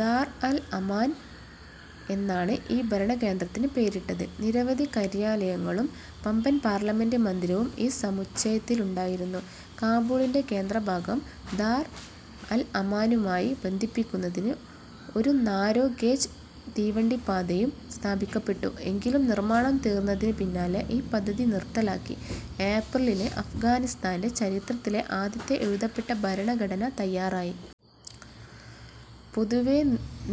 ദാർ അൽ-അമാൻ എന്നാണ് ഈ ഭരണകേന്ദ്രത്തിന് പേരിട്ടത്. നിരവധി കര്യാലയങ്ങളും വമ്പൻ പാർലമെന്റ് മന്ദിരവും ഈ സമുച്ചയത്തിലുണ്ടായിരുന്നു. കാബൂളിന്റെ കേന്ദ്രഭാഗവും ദാർ അൽ അമാനുമായി ബന്ധിപ്പിക്കുന്നതിന് ഒരു നാരോ ഗേജ് തീവണ്ടിപ്പാതയും സ്ഥാപിക്കപ്പെട്ടു. എങ്കിലും നിർമ്മാണം തീർന്നതിനു പിന്നാലെ ഈ പദ്ധതി നിർത്തലാക്കി. ഏപ്രിലിൽ അഫ്ഗാനിസ്താന്റെ ചരിത്രത്തിലെ ആദ്യത്തെ എഴുതപ്പെട്ട ഭരണഘടന തയ്യാറായി. പൊതുവേ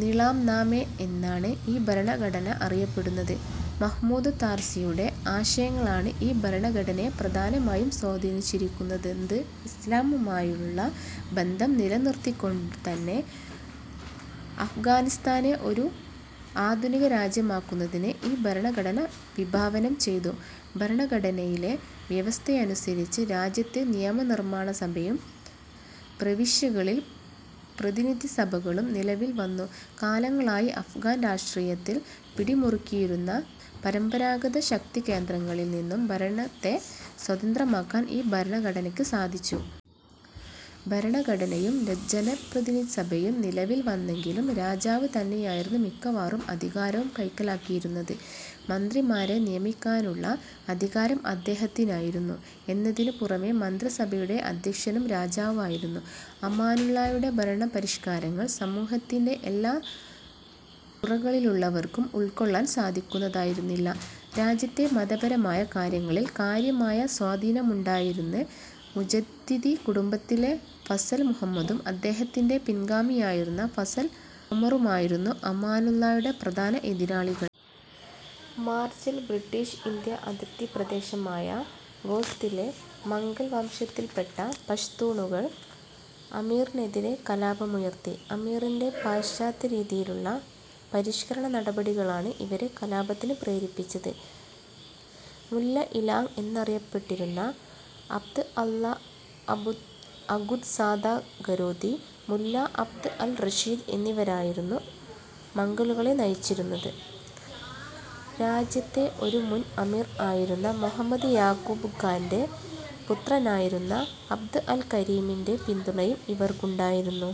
നിളാം നാമെ എന്നാണ് ഈ ഭരണഘടന അറിയപ്പെടുന്നത്. മഹ്മൂദ് താർസിയുടെ ആശയങ്ങളാണ് ഈ ഭരണഘടനയെ പ്രധാനമായും സ്വാധീനിച്ചിരിക്കുനന്ത്. ഇസ്ലാമുമായുള്ള ബന്ധം നിലനിർത്തിക്കൊണ്ടുതന്നെ അഫ്ഗാനിസ്താനെ ഒരു ആധുനികരാജ്യമാക്കുന്നതിന് ഈ ഭരണഘടന വിഭാവനം ചെയ്തു. ഭരണഘടനയിലെ വ്യവസ്ഥയനുസരിച്ച് രാജ്യത്ത് നിയമനിർമ്മാണസഭയും, പ്രവിശ്യകളിൽ പ്രതിനിധിസഭകളും നിലവിൽ വന്നു. കാലങ്ങളായി അഫ്ഗാൻ രാഷ്ട്രീയത്തിൽ പിടിമുറുക്കിയിരുന്ന പരമ്പരാഗതശക്തികേന്ദ്രങ്ങളിൽ നിന്നും ഭരണത്തെ സ്വതന്ത്രമാക്കാൻ ഈ ഭരണഘടനക്ക് സാധിച്ചു. ഭരണഘടനയും ജനപ്രതിനിധിസഭയും നിലവിൽ വന്നെങ്കിലും രാജാവ് തന്നെയായിരുന്നു മിക്കവാറും അധികാരവും കൈക്കലാക്കിയിരുന്നത്. മന്ത്രിമാരെ നിയമിക്കാനുള്ള അധികാരം അദ്ദേഹത്തിനായിരുന്നു എന്നതിനു പുറമേ മന്ത്രിസഭയുടെ അദ്ധ്യക്ഷനും രാജാവായിരുന്നു. അമാനുള്ളായുടെ ഭരണപരിഷ്കാരങ്ങൾ സമൂഹത്തിന്റെ എല്ലാ തുറകളിലുള്ളവർക്കും ഉൾക്കൊള്ളാൻ സാധിക്കുന്നതായിരുന്നില്ല. രാജ്യത്തെ മതപരമായ കാര്യങ്ങളിൽ കാര്യമായ സ്വാധീനമുണ്ടായിരുന്ന് മുജദ്ദിദി കുടുംബത്തിലെ ഫസൽ മുഹമ്മദും അദ്ദേഹത്തിന്റെ പിൻഗാമിയായിരുന്ന ഫസൽ ഒമറുമായിരുന്നു അമാനുള്ളായുടെ പ്രധാന എതിരാളികൾ. മാർച്ചിൽ, ബ്രിട്ടീഷ്-ഇന്ത്യ അതിർത്തിപ്രദേശമായ ഖോസ്തിലെ, മംഗൽ വംശത്തിൽപ്പെട്ട പഷ്തൂണുകൾ അമീറിനെതിരെ കലാപമുയർത്തി. അമീറിന്റെ പാശ്ചാത്യരീതിയിലുള്ള പരിഷ്കരണനടപടികളാണ് ഇവരെ കലാപത്തിന് പ്രേരിപ്പിച്ചത്. മുല്ല ഇ ലാങ് എന്നറിയപ്പെട്ടിരുന്ന അബ്ദ് അള്ളാ അഖുന്ദ്സാദാ ഖരോതി, മുല്ല അബ്ദ് അൽ റഷീദ് എന്നിവരായിരുന്നു മംഗലുകളെ നയിച്ചിരുന്നത്. രാജ്യത്തെ ഒരു മുൻ അമീർ ആയിരുന്ന മുഹമ്മദ് യാക്കൂബ് ഖാന്റെ പുത്രനായിരുന്ന അബ്ദ് അൽ കരീമിന്റെ പിന്തുണയും ഇവർക്കുണ്ടായിരുന്നു.